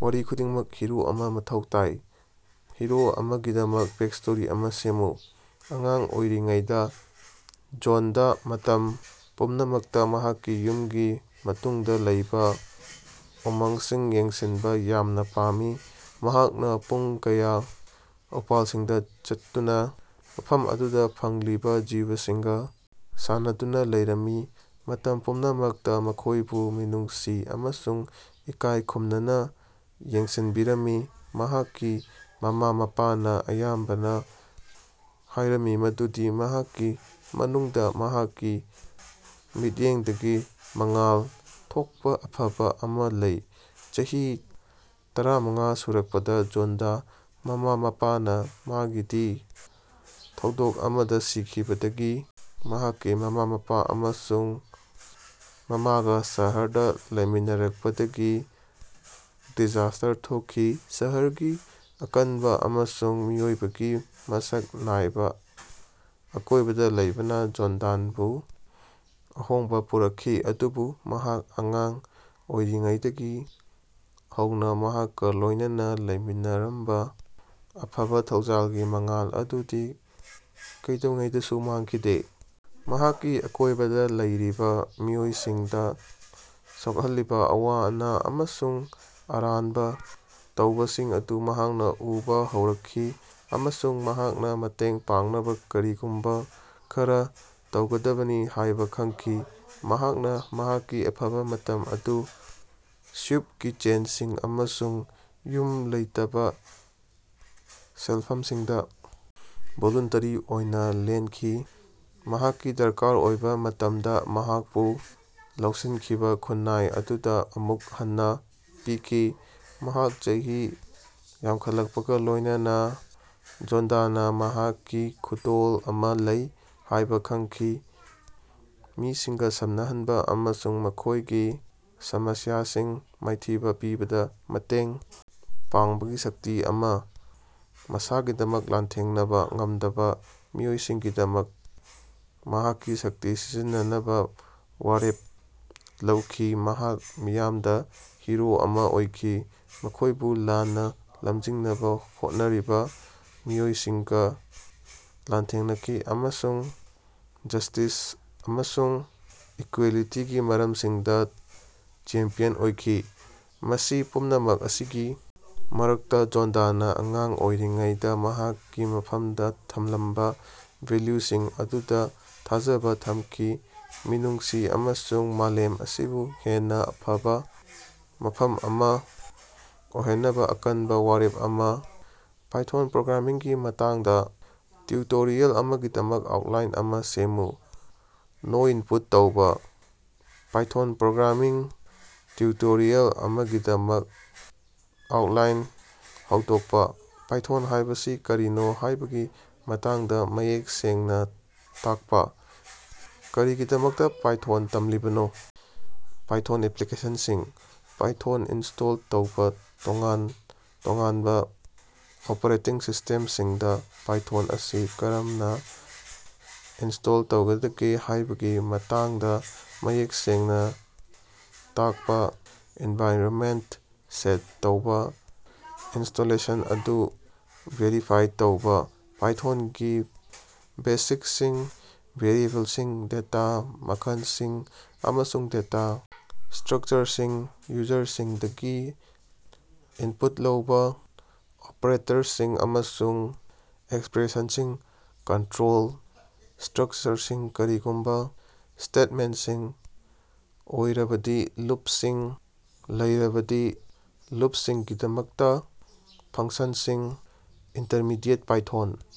ꯋꯥꯔꯤ ꯈꯨꯗꯤꯡꯃꯛꯇ ꯍꯤꯔꯣ ꯑꯃꯥ ꯃꯊꯧ ꯇꯥꯏ꯫ ꯍꯤꯔꯣ ꯑꯃꯒꯤꯗꯃꯛ ꯕꯦꯛꯁ꯭ꯇꯣꯔꯤ ꯑꯃꯥ ꯁꯦꯝꯃꯨ꯫ ꯑꯉꯥꯡ ꯑꯣꯏꯔꯤꯉꯩꯗꯥ ꯖꯣꯟꯗꯥ ꯃꯇꯝ ꯄꯨꯝꯅꯃꯛꯇ ꯃꯍꯥꯛꯀꯤ ꯌꯨꯝꯒꯤ ꯃꯇꯨꯡꯗ ꯂꯩꯕꯥ ꯎꯃꯪꯁꯤꯡ ꯌꯦꯡꯁꯤꯟꯕ ꯌꯥꯝꯅ ꯄꯥꯝꯃꯤ꯫ ꯃꯍꯥꯛꯅ ꯄꯨꯡ ꯀꯌꯥ ꯎꯄꯥꯜꯁꯤꯡꯗ ꯆꯠꯇꯨꯅ ꯃꯐꯝ ꯑꯗꯨꯗ ꯐꯪꯂꯤꯕ ꯖꯤꯕꯁꯤꯡꯒ ꯁꯥꯟꯅꯗꯨꯅ ꯂꯩꯔꯝꯃꯤ, ꯃꯇꯝ ꯄꯨꯝꯅꯃꯛꯇ ꯃꯈꯣꯏꯕꯨ ꯃꯤꯅꯨꯡꯁꯤ ꯑꯃꯁꯨꯡ ꯏꯀꯥꯏ ꯈꯨꯝꯅꯅꯥ ꯌꯦꯡꯁꯤꯅꯕꯤꯔꯝꯃꯤ꯫ ꯃꯍꯥꯛꯀꯤ ꯃꯃꯥ-ꯃꯄꯥꯅꯥ ꯑꯌꯥꯝꯕꯅꯥ ꯍꯥꯏꯔꯝꯃꯤ ꯃꯗꯨꯗꯤ ꯃꯍꯥꯛꯀꯤ ꯃꯅꯨꯡꯗꯥ ꯃꯍꯥꯛꯀꯤ ꯃꯤꯠꯌꯦꯡꯗꯒꯤ ꯃꯉꯥꯜ ꯊꯣꯛꯄꯥ ꯑꯐꯕꯥ ꯑꯃꯥ ꯂꯩ꯫ ꯆꯍꯤ ꯇꯔꯥꯃꯉꯥ ꯁꯨꯔꯛꯄꯗ ꯖꯣꯟꯗꯥ ꯃꯃꯥ-ꯃꯄꯥꯅ ꯒꯥꯗꯤꯒꯤ ꯊꯧꯗꯣꯛ ꯑꯃꯗ ꯁꯤꯈꯤꯕꯗꯒꯤ ꯃꯍꯥꯛꯀꯤ ꯃꯃꯥ-ꯃꯄꯥ ꯑꯃꯁꯨꯡ ꯃꯃꯥꯒꯥ ꯁꯍꯔꯗꯥ ꯂꯩꯃꯤꯟꯅꯔꯛꯄꯗꯒꯤ ꯗꯤꯖꯥꯁ꯭ꯇꯔ ꯊꯣꯛꯈꯤ꯫ ꯁꯍꯔꯒꯤ ꯑꯀꯟꯕꯥ ꯑꯃꯁꯨꯡ ꯃꯤꯑꯣꯏꯕꯒꯤ ꯃꯁꯛ ꯅꯥꯏꯕ ꯑꯀꯣꯏꯕꯗ ꯂꯩꯕꯅꯥ ꯖ‌ꯣꯗꯥꯟꯕꯨ ꯑꯍꯣꯡꯕꯥ ꯄꯨꯔꯛꯈꯤ, ꯑꯗꯨꯕꯨ ꯃꯍꯥꯛ ꯑꯉꯥꯡ ꯑꯣꯏꯔꯤꯉꯩꯗꯒꯤ ꯍꯧꯅꯥ ꯃꯍꯥꯛꯀ ꯂꯣꯏꯅꯅꯥ ꯂꯩꯃꯤꯟꯅꯔꯝꯕꯥ ꯑꯐꯕ ꯊꯧꯖꯥꯜꯒꯤ ꯃꯉꯥꯜ ꯑꯗꯨꯗꯤ ꯀꯩꯗꯧꯉꯩꯗꯁꯨ ꯃꯥꯡꯈꯤꯗꯦ꯫ ꯃꯍꯥꯛꯀꯤ ꯑꯀꯣꯏꯕꯗꯥ ꯂꯩꯔꯤꯕꯥ ꯃꯤꯑꯣꯏꯁꯤꯡꯗ ꯁꯣꯛꯍꯜꯂꯤꯕꯥ ꯑꯋꯥ-ꯑꯅꯥ ꯑꯃꯁꯨꯡ ꯑꯔꯥꯟꯕꯥ ꯇꯧꯕꯁꯤꯡ ꯑꯗꯨ ꯃꯍꯥꯛꯅ ꯎꯕꯥ ꯍꯧꯔꯛꯈꯤ ꯑꯃꯁꯨꯡ ꯃꯍꯥꯛꯅꯥ ꯃꯇꯦꯡ ꯄꯥꯡꯅꯕꯥ ꯀꯔꯤꯒꯨꯝꯕꯥ ꯈꯔꯥ ꯇꯧꯒꯗꯕꯅꯤ ꯍꯥꯏꯕ ꯈꯪꯈꯤ꯫ ꯃꯍꯥꯛꯅ ꯃꯍꯥꯛꯀꯤ ꯑꯐꯕꯥ ꯃꯇꯝ ꯑꯗꯨ ꯁ꯭ꯌꯨꯞ ꯀꯤꯆꯦꯟꯁꯤꯡ ꯑꯃꯁꯨꯡ ꯌꯨꯝ ꯂꯩꯇꯕ ꯁꯦꯜꯐꯝꯁꯤꯡꯗꯥ ꯚꯣꯂꯨꯟꯇꯔꯤ ꯑꯣꯏꯅ ꯂꯦꯟꯈꯤ, ꯃꯍꯥꯛꯀꯤ ꯗꯔꯀꯥꯔ ꯑꯣꯏꯕꯥ ꯃꯇꯝꯗ ꯃꯍꯥꯛꯄꯨ ꯂꯧꯁꯤꯟꯈꯤꯕꯥ ꯈꯨꯟꯅꯥꯏ ꯑꯗꯨꯗ ꯑꯃꯨꯛ ꯍꯟꯅꯥ ꯄꯤꯈꯤ꯫ ꯃꯍꯥꯛ ꯆꯍꯤ ꯌꯥꯝꯈꯠꯂꯛꯄꯒꯥ ꯂꯣꯏꯅꯅꯥ ꯖ‌ꯣꯟꯗꯥꯅ ꯃꯍꯥꯛꯀꯤ ꯈꯨꯗꯣꯜ ꯑꯃꯥ ꯂꯩ ꯍꯥꯏꯕ ꯈꯪꯈꯤ ꯃꯤꯁꯤꯡꯒ ꯁꯝꯅꯍꯟꯕ ꯑꯃꯁꯨꯡ ꯃꯈꯣꯏꯒꯤ ꯁꯃꯁ꯭ꯌꯥꯁꯤꯡ ꯃꯥꯏꯊꯤꯕ ꯄꯤꯕꯗ ꯃꯇꯦꯡ ꯄꯥꯡꯕꯒꯤ ꯁꯛꯇꯤ ꯑꯃꯥ꯫ ꯃꯁꯥꯒꯤꯗꯃꯛ ꯂꯥꯟꯊꯦꯡꯅꯕꯥ ꯉꯝꯗꯕꯥ ꯃꯤꯑꯣꯏꯁꯤꯡꯒꯤꯗꯃꯛ ꯃꯍꯥꯛꯀꯤ ꯁꯛꯇꯤ ꯁꯤꯖꯤꯟꯅꯅꯕ ꯋꯥꯔꯦꯞ ꯂꯧꯈꯤ꯫ ꯃꯍꯥꯛ ꯃꯤꯌꯥꯝꯗ ꯍꯤꯔꯣ ꯑꯃꯥ ꯑꯣꯏꯈꯤ, ꯃꯈꯣꯏꯕꯨ ꯂꯥꯟꯅꯥ ꯂꯝꯖꯤꯡꯅꯕꯥ ꯍꯣꯠꯅꯔꯤꯕꯥ ꯃꯤꯑꯣꯏꯁꯤꯡꯒ ꯂꯥꯟꯊꯦꯡꯅꯈꯤ ꯑꯃꯁꯨꯡ ꯖꯁ꯭ꯇꯤꯁ ꯑꯃꯁꯨꯡ ꯏꯀꯋ‌ꯦꯂꯤꯇꯤꯒꯤ ꯃꯔꯝꯁꯤꯡꯗ ꯆꯦꯝꯄꯤꯌꯟ ꯑꯣꯏꯈꯤ꯫ ꯃꯁꯤ ꯄꯨꯝꯅꯃꯛ ꯑꯁꯤꯒꯤ ꯃꯔꯛꯇ ꯖ‌ꯣꯟꯗꯥꯅꯥ ꯑꯉꯥꯡ ꯑꯣꯏꯔꯤꯉꯩꯗꯥ ꯃꯍꯥꯛꯀꯤ ꯃꯐꯝꯗ ꯊꯝꯂꯝꯕ ꯚꯦꯜꯌꯨꯁꯤꯡ ꯑꯗꯨꯗ ꯊꯥꯖꯕꯥ ꯊꯝꯈꯤ ꯃꯤꯅꯨꯡꯁꯤ ꯑꯃꯁꯨꯡ ꯃꯥꯂꯦꯝ ꯑꯁꯤꯕꯨ ꯍꯦꯟꯅꯥ ꯐꯕꯥ ꯃꯐꯝ ꯑꯃꯥ ꯑꯣꯏꯍꯟꯅꯕꯥ ꯑꯀꯟꯕ ꯋꯥꯔꯦꯞ ꯑꯃꯥ꯫ ꯄꯥꯏꯊꯣꯟ ꯄ꯭ꯔꯣꯒ꯭ꯔꯥꯃꯤꯡꯒꯤ ꯃꯇꯥꯡꯗꯥ ꯇꯤꯎꯇꯣꯔꯤꯌꯥꯜ ꯑꯃꯒꯤꯗꯃꯛ ꯑꯥꯎꯠꯂꯥꯏꯟ ꯑꯃꯥ ꯁꯦꯝꯃꯨ꯫ ꯅꯣꯏꯟꯄꯨꯠ ꯇꯧꯕꯥ꯫ ꯄꯥꯏꯊꯣꯟ ꯄ꯭ꯔꯣꯒ꯭ꯔꯥꯃꯤꯡ ꯇꯤꯎꯇꯣꯔꯤꯌꯥꯜ ꯑꯃꯒꯤꯗꯃꯛ ꯑꯥꯎꯠꯂꯥꯏꯟ ꯍꯧꯗꯣꯛꯄꯥ, ꯄꯥꯏꯊꯣꯟ ꯍꯥꯏꯕꯁꯤ ꯀꯔꯤꯅꯣ ꯍꯥꯏꯕꯒꯤ ꯃꯇꯥꯡꯗ ꯃꯌꯦꯛ ꯁꯦꯡꯅꯥ ꯇꯥꯛꯄꯥ, ꯀꯔꯤꯒꯤꯗꯃꯛꯇꯥ ꯄꯥꯏꯊꯣꯟ ꯇꯝꯂꯤꯕꯅꯣ. ꯄꯥꯏꯊꯣꯟ ꯑꯦꯄꯂꯤꯀꯦꯁꯟꯁꯤꯡ꯫ ꯄꯥꯏꯊꯣꯟ ꯏꯟꯁ꯭ꯇꯣꯜ ꯇꯧꯕꯥ ꯇꯣꯉꯥꯟ ꯇꯣꯉꯥꯟꯕ ꯑꯣꯄꯔꯦꯇꯤꯡ ꯁꯤꯁ꯭ꯇꯦꯝꯁꯤꯡꯗ ꯄꯥꯏꯊꯣꯟ ꯑꯁꯤ ꯀꯔꯝꯅ ꯏꯟꯁ꯭ꯇꯣꯜ ꯇꯧꯒꯗꯒꯦ ꯍꯥꯏꯕꯒꯤ ꯃꯇꯥꯡꯗꯥ ꯃꯌꯦꯛ ꯁꯦꯡꯅ ꯇꯥꯛꯄꯥ. ꯑꯦꯟꯚꯥꯏꯔꯅꯃꯦꯟꯇ ꯁꯦꯠ ꯇꯧꯕꯥ, ꯏꯟꯁ꯭ꯇꯣꯂꯦꯁꯟ ꯑꯗꯨ ꯚꯦꯔꯤꯐꯥꯏ ꯇꯧꯕꯥ, ꯄꯥꯏꯊꯣꯟꯒꯤ ꯕꯦꯁꯤꯛꯁꯤꯡ, ꯚꯦꯔꯤꯑꯦꯕꯜꯁꯤꯡ, ꯗꯦꯇꯥ ꯃꯈꯜꯁꯤꯡ, ꯑꯃꯁꯨꯡ ꯗꯦꯇꯥ ꯁ꯭ꯇꯔꯛꯆꯔꯁꯤꯡ, ꯌꯨꯖꯔꯁꯤꯡꯗꯒꯤ ꯏꯟꯄꯨꯠ ꯂꯧꯕꯥ, ꯑꯣꯄꯔꯦꯇꯔꯁꯤꯡ ꯑꯃꯁꯨꯡ ꯑꯦꯛꯁꯄꯔꯦꯁꯟꯁꯤꯡ, ꯀꯟꯇꯔꯣꯜ ꯁ꯭ꯇꯔꯛꯆꯔꯁꯤꯡ ꯀꯔꯤꯒꯨꯝꯕ ꯁ꯭ꯇꯦꯠꯃꯦꯟꯠꯁꯤꯡ ꯑꯣꯏꯔꯕꯗꯤ, ꯂꯨꯞꯁꯤꯡ ꯂꯩꯔꯕꯗꯤ, ꯂꯨꯞꯁꯤꯡꯒꯤꯗꯃꯛꯇ, ꯐꯪꯁꯟꯁꯤꯡ, ꯏꯟꯇꯔꯃꯤꯗꯤꯌꯦꯠ ꯄꯥꯏꯊꯣꯟ꯫